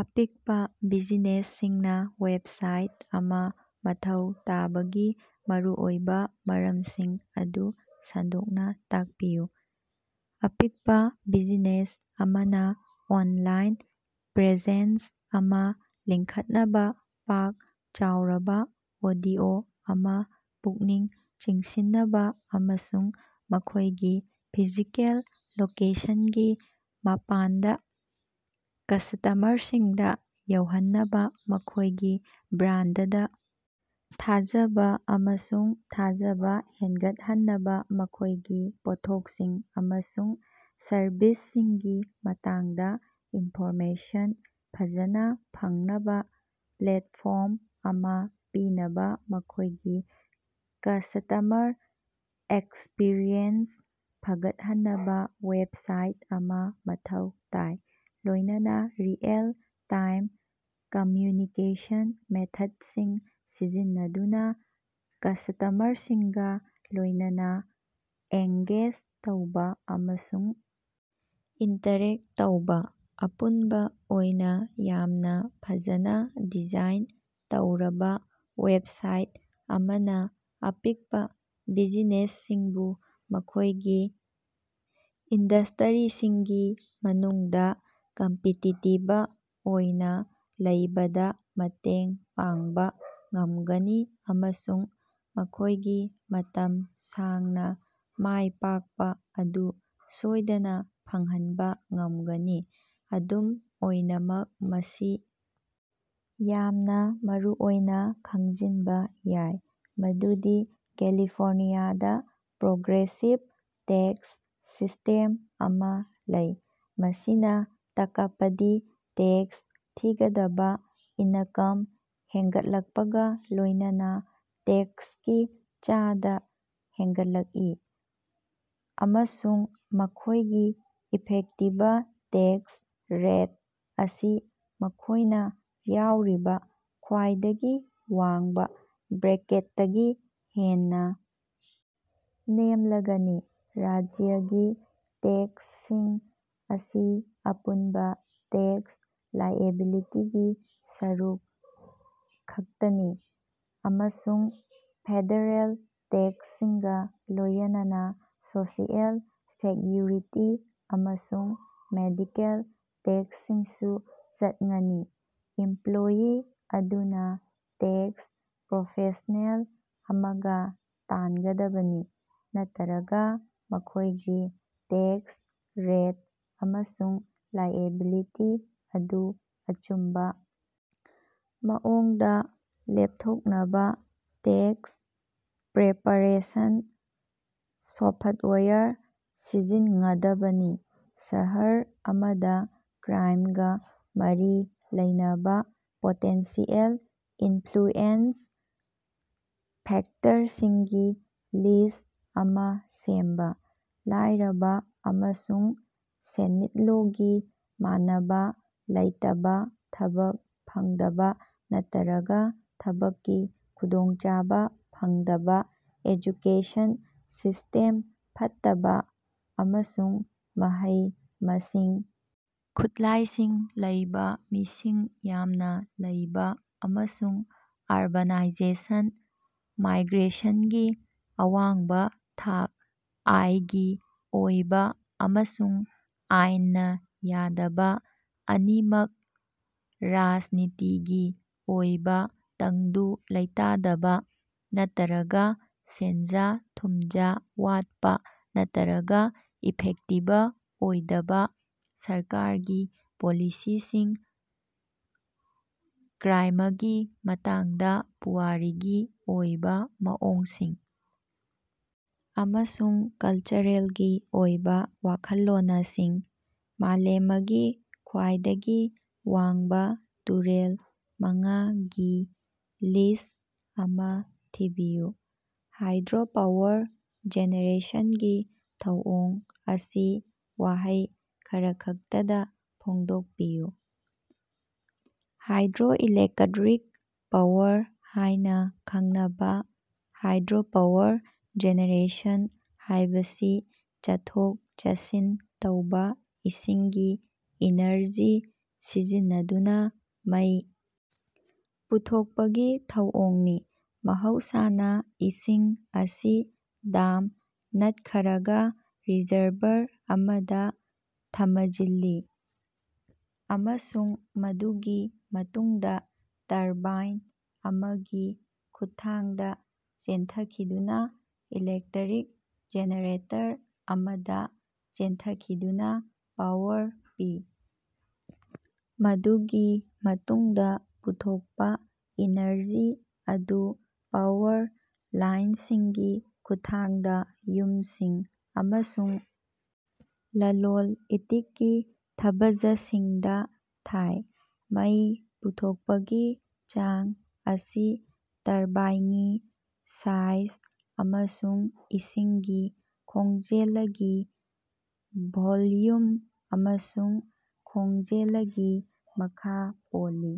ꯑꯄꯤꯛꯄ ꯕꯤꯖꯤꯅꯦꯁꯁꯤꯡꯅ ꯋꯦꯕꯁꯥꯏꯠ ꯑꯃ ꯃꯊꯧ ꯇꯥꯕꯒꯤ ꯃꯔꯨꯑꯣꯏꯕꯥ ꯃꯔꯝꯁꯤꯡ ꯑꯗꯨ ꯁꯟꯗꯣꯛꯅ ꯇꯥꯛꯄꯤꯌꯨ꯫ ꯑꯄꯤꯛꯄ ꯕꯤꯖꯤꯅꯦꯁ ꯑꯃꯅꯥ ꯑꯣꯟꯂꯥꯏꯟ ꯄ꯭ꯔꯦꯖꯦꯟꯁ ꯑꯃꯥ ꯂꯤꯡꯈꯠꯅꯕꯥ, ꯄꯥꯛ ꯆꯥꯎꯔꯕꯥ ꯑꯣꯗꯤꯑꯣ ꯑꯃꯥ ꯄꯨꯛꯅꯤꯡ ꯆꯤꯡꯁꯤꯟꯅꯕꯥ ꯑꯃꯁꯨꯡ ꯃꯈꯣꯏꯒꯤ ꯐꯤꯖꯤꯀꯦꯜ ꯂꯣꯀꯦꯁꯟꯒꯤ ꯃꯄꯥꯟꯗ ꯀ꯭ꯁꯇꯃꯔꯁꯤꯡꯗ ꯌꯧꯍꯟꯅꯕ, ꯃꯈꯣꯏꯒꯤ ꯕ꯭ꯔꯥꯟꯗꯗ ꯊꯥꯖꯕ ꯑꯃꯁꯨꯡ ꯊꯥꯖꯕ ꯍꯦꯡꯒꯠꯍꯟꯅꯕ, ꯃꯈꯣꯏꯒꯤ ꯄꯣꯠꯊꯣꯛꯁꯤꯡ ꯑꯃꯁꯨꯡ ꯁꯔꯕꯤꯁꯁꯤꯡꯒꯤ ꯃꯇꯥꯡꯗ ꯏꯅꯐꯣꯔꯃꯦꯁꯟ ꯐꯖꯅꯥ ꯐꯪꯅꯕꯥ ꯄ꯭ꯂꯦꯠꯐ꯭ꯣꯔꯝ ꯑꯃ ꯄꯤꯅꯕ, ꯃꯈꯣꯏꯒꯤ ꯀ꯭ꯁꯇꯃꯔ ꯑꯦꯛꯁꯄꯤꯔꯤꯑꯦꯟꯁ ꯐꯒꯠꯍꯟꯅꯕ ꯋꯦꯕꯁꯥꯏꯠ ꯑꯃꯥ ꯃꯊꯧ ꯇꯥꯏ꯫, ꯂꯣꯏꯅꯅ ꯔꯤꯑꯦꯜ-ꯇꯥꯏꯝ ꯀꯝꯃ꯭ꯌꯨꯅꯤꯀꯦꯁꯟ ꯃꯦꯊꯠꯁꯤꯡ ꯁꯤꯖꯤꯟꯅꯗꯨꯅ ꯀ꯭ꯁꯇꯃꯔꯁꯤꯡꯒꯥ ꯂꯣꯏꯅꯅ ꯑꯦꯡꯒꯦꯖ ꯇꯧꯕ ꯑꯃꯁꯨꯡ ꯏꯟꯇꯔꯦꯛ ꯇꯧꯕꯥ꯫ ꯑꯄꯨꯟꯕ ꯑꯣꯏꯅ ꯌꯥꯝꯅ ꯐꯖꯅ ꯗꯤꯖꯥꯏꯟ ꯇꯧꯔꯕ ꯋꯦꯕꯁꯥꯏꯠ ꯑꯃꯅ ꯑꯄꯤꯛꯄ ꯕꯤꯖꯤꯅꯦꯁꯁꯤꯡꯕꯨ ꯃꯈꯣꯏꯒꯤ ꯏꯟꯗꯁ꯭ꯇꯔꯤꯁꯤꯡꯒꯤ ꯃꯅꯨꯡꯗꯥ ꯀꯝꯄꯤꯇꯤꯇꯤꯕ ꯑꯣꯏꯅꯥ ꯂꯩꯕꯗꯥ ꯃꯇꯦꯡ ꯄꯥꯡꯕꯥ ꯉꯝꯒꯅꯤ ꯑꯃꯁꯨꯡ ꯃꯈꯣꯏꯒꯤ ꯃꯇꯝ ꯁꯥꯡꯅꯥ ꯃꯥꯏꯄꯥꯛꯄꯥ ꯑꯗꯨ ꯁꯣꯏꯗꯅꯥ ꯐꯪꯍꯟꯕꯥ ꯉꯝꯒꯅꯤ꯫ ꯑꯗꯨꯝ ꯑꯣꯏꯅꯃꯛ, ꯃꯁꯤ ꯌꯥꯝꯅꯥ ꯃꯔꯨꯑꯣꯏꯅꯥ ꯈꯪꯖꯤꯟꯕ ꯌꯥꯏ ꯃꯗꯨꯗꯤ ꯀꯦꯂꯤꯐꯣꯔꯅꯤꯌꯥꯗꯥ ꯄ꯭ꯔꯣꯒ꯭ꯔꯦꯁꯤꯚ ꯇꯦꯛꯁ ꯁꯤꯁꯇꯦꯝ ꯑꯃ ꯂꯩ, ꯃꯁꯤꯅꯥ ꯇꯥꯀꯄꯗꯤ ꯇꯦꯛꯁ ꯊꯤꯒꯗꯕꯥ ꯏꯅꯀꯝ ꯍꯦꯡꯒꯠꯂꯛꯄꯒꯥ ꯂꯣꯏꯅꯅ ꯇꯦꯛꯁꯀꯤ ꯆꯥꯗ ꯍꯦꯡꯒꯠꯂꯛꯏ, ꯑꯃꯁꯨꯡ ꯃꯈꯣꯏꯒꯤ ꯏꯐꯦꯛꯇꯤꯕ ꯇꯦꯛꯁ ꯔꯦꯠ ꯑꯁꯤ ꯃꯈꯣꯏꯅ ꯌꯥꯎꯔꯤꯕ ꯈ꯭ꯋꯥꯏꯗꯒꯤ ꯋꯥꯡꯕ ꯕ꯭ꯔꯦꯀꯦꯠꯇꯒꯤ ꯍꯦꯟꯅ ꯅꯦꯝꯂꯒꯅꯤ꯫ ꯔꯥꯖ꯭ꯌꯒꯤ ꯇꯦꯛꯁꯁꯤꯡ ꯑꯁꯤ ꯑꯄꯨꯟꯕꯥ ꯇꯦꯛꯁ ꯂꯥꯏꯑꯦꯕꯤꯂꯤꯇꯤꯒꯤ ꯁꯔꯨꯛ ꯈꯛꯇꯅꯤ, ꯑꯃꯁꯨꯡ ꯐꯦꯗꯔꯦꯜ ꯇꯦꯛꯁꯁꯤꯡꯒꯥ ꯂꯣꯌꯅꯅꯥ ꯁꯣꯁꯤꯑꯦꯜ ꯁꯦꯛꯌꯨꯔꯤꯇꯤ ꯑꯃꯁꯨꯡ ꯃꯦꯗꯤꯀꯦꯜ ꯇꯦꯛꯁꯁꯤꯡꯁꯨ ꯆꯠꯉꯅꯤ꯫ ꯏꯝꯄ꯭ꯂꯣꯌꯤ ꯑꯗꯨꯅꯥ ꯇꯦꯛꯁ ꯄ꯭ꯔꯣꯐꯦꯁꯅꯦꯜ ꯑꯃꯒꯥ ꯇꯥꯟꯒꯗꯕꯅꯤ ꯅꯠꯇꯔꯒ ꯃꯈꯣꯏꯒꯤ ꯇꯦꯛꯁ ꯔꯦꯠ ꯑꯃꯁꯨꯡ ꯂꯥꯏꯑꯦꯕꯤꯂꯤꯇꯤ ꯑꯗꯨ ꯑꯆꯨꯝꯕꯥ ꯃꯑꯣꯡꯗꯥ ꯂꯦꯞꯊꯣꯛꯅꯕꯥ ꯇꯦꯛꯁ ꯄ꯭ꯔꯦꯄꯥꯔꯦꯁꯟ ꯁꯣꯐꯠꯋꯥꯌꯔ ꯁꯤꯖꯤꯟꯉꯗꯕꯅꯤ꯫ ꯁꯍꯔ ꯑꯃꯗ ꯀ꯭ꯔꯥꯏꯝꯒꯥ ꯃꯔꯤ ꯂꯩꯅꯕ ꯄꯣꯇꯦꯟꯁꯤꯑꯦꯜ ꯏꯟꯐ꯭ꯂꯨꯑꯦꯟꯖ ꯐꯦꯛꯇꯔꯁꯤꯡꯒꯤ ꯂꯤꯁ꯭ꯠ ꯑꯃ ꯁꯦꯝꯕ꯫ ꯂꯥꯏꯔꯕ ꯑꯃꯁꯨꯡ ꯁꯦꯟꯃꯤꯠꯂꯣꯒꯤ ꯃꯥꯟꯅꯕꯥ ꯂꯩꯇꯕꯥ ꯊꯕꯛ ꯐꯪꯗꯕꯥ ꯅꯠꯇꯔꯒ ꯊꯕꯛꯀꯤ ꯈꯨꯗꯣꯡꯆꯥꯕꯥ ꯐꯪꯗꯕꯥ ꯑꯦꯖꯨꯀꯦꯁꯟ ꯁꯤꯁ꯭ꯇꯦꯝ ꯐꯠꯇꯕꯥ ꯑꯃꯁꯨꯡ ꯃꯍꯩ-ꯃꯁꯤꯡ ꯈꯨꯠꯂꯥꯏꯁꯤꯡ ꯂꯩꯕꯥ ꯃꯤꯁꯤꯡ ꯌꯥꯝꯅꯥ ꯂꯩꯕꯥ ꯑꯃꯁꯨꯡ ꯑꯔꯕꯥꯅꯥꯏꯖꯦꯁꯟ ꯃꯥꯏꯒ꯭ꯔꯦꯁꯟꯒꯤ ꯑꯋꯥꯡꯕ ꯊꯥꯛ, ꯑꯥꯏꯒꯤ ꯑꯣꯏꯕꯥ ꯑꯃꯁꯨꯡ ꯑꯥꯏꯟꯅꯥ ꯌꯥꯗꯕꯥ ꯑꯅꯤꯃꯛ ꯔꯥꯖꯅꯤꯇꯤꯒꯤ ꯑꯣꯏꯕꯥ ꯇꯪꯗꯨ ꯂꯩꯇꯥꯗꯕ ꯅꯠꯇꯔꯒ ꯁꯦꯟꯖꯥ-ꯊꯨꯃꯖꯥ ꯋꯥꯠꯄ ꯅꯠꯇꯔꯒ ꯏꯐꯦꯛꯇꯤꯕ ꯑꯣꯏꯗꯕ ꯁꯔꯀꯥꯔꯒꯤ ꯄꯣꯂꯤꯁꯤꯁꯤꯡ ꯀ꯭ꯔꯥꯏꯃꯒꯤ ꯃꯇꯥꯡꯗ ꯄꯨꯋꯥꯔꯤꯒꯤ ꯑꯣꯏꯕꯥ ꯃꯑꯣꯡꯁꯤꯡ ꯑꯃꯁꯨꯡ ꯀꯜꯆꯔꯦꯜꯒꯤ ꯑꯣꯏꯕ ꯋꯥꯈꯜꯂꯣꯅꯁꯤꯡ꯫ ꯃꯥꯂꯦꯃꯒꯤ ꯈ꯭ꯋꯥꯏꯗꯒꯤ ꯋꯥꯡꯕ ꯇꯨꯔꯦꯜ ꯃꯉꯥ ꯒꯤ ꯂꯤꯁ꯭ꯠ ꯑꯃ ꯊꯤꯕꯤꯌꯨ꯫ ꯍꯥꯏꯗ꯭ꯔꯣꯄꯥꯋꯔ ꯖꯦꯅꯦꯔꯦꯁꯟꯒꯤ ꯊꯧꯑꯣꯡ ꯑꯁꯤ ꯋꯥꯍꯩ ꯈꯔꯈꯛꯇꯗ ꯐꯣꯡꯗꯣꯛꯄꯤꯌꯨ꯫ ꯍꯥꯏꯗ꯭ꯔꯣꯏꯂꯦꯛꯠꯔꯤꯛ ꯄꯥꯋꯔ ꯍꯥꯏꯅ ꯈꯪꯅꯕꯥ ꯍꯥꯏꯗ꯭ꯔꯣꯄꯥꯋꯔ ꯖꯦꯅꯦꯔꯦꯁꯟ ꯍꯥꯏꯕꯁꯤ ꯆꯠꯊꯣꯛ-ꯆꯠꯁꯤꯟ ꯇꯧꯕꯥ ꯏꯁꯤꯡꯒꯤ ꯏꯅꯔꯖꯤ ꯁꯤꯖꯤꯟꯅꯗꯨꯅꯥ ꯃꯩ ꯄꯨꯊꯣꯛꯄꯒꯤ ꯊꯧꯑꯣꯡꯅꯤ꯫ ꯃꯍꯧꯁꯥꯅ, ꯏꯁꯤꯡ ꯑꯁꯤ ꯗꯥꯝ ꯅꯠꯈꯔꯒ ꯔꯤꯖꯔꯚꯔ ꯑꯃꯗ ꯊꯃꯖꯤꯜꯂꯤ, ꯑꯃꯁꯨꯡ ꯃꯗꯨꯒꯤ ꯃꯇꯨꯡꯗꯥ ꯇꯔꯕꯥꯏꯟ ꯑꯃꯒꯤ ꯈꯨꯠꯊꯥꯡꯗ ꯆꯦꯟꯊꯈꯤꯗꯨꯅ ꯏꯂꯦꯛꯇꯔꯤꯛ ꯖꯦꯅꯦꯔꯦꯇꯔ ꯑꯃꯗ ꯆꯦꯟꯊꯈꯤꯗꯨꯅꯥ ꯄꯥꯋꯔ ꯄꯤ꯫ ꯃꯗꯨꯒꯤ ꯃꯇꯨꯡꯗꯥ ꯄꯨꯊꯣꯛꯄ ꯏꯅꯔꯖꯤ ꯑꯗꯨ ꯄꯥꯋꯔ ꯂꯥꯏꯟꯁꯤꯡꯒꯤ ꯈꯨꯠꯊꯥꯡꯗ ꯌꯨꯝꯁꯤꯡ ꯑꯃꯁꯨꯡ ꯂꯂꯣꯟ-ꯏꯇꯤꯛꯀꯤ ꯊꯕꯖꯁꯤꯡꯗꯥ ꯊꯥꯏ꯫ ꯃꯩ ꯄꯨꯊꯣꯛꯄꯒꯤ ꯆꯥꯡ ꯑꯁꯤ ꯇꯔꯕꯥꯏꯉꯤ ꯁꯥꯏꯖ ꯑꯃꯁꯨꯡ ꯏꯁꯤꯡꯒꯤ ꯈꯣꯡꯖꯦꯂꯒꯤ ꯚꯣꯜꯌꯨꯝ ꯑꯃꯁꯨꯡ ꯈꯣꯡꯖꯦꯂꯒꯤ ꯃꯈꯥ ꯄꯣꯜꯂꯤ꯫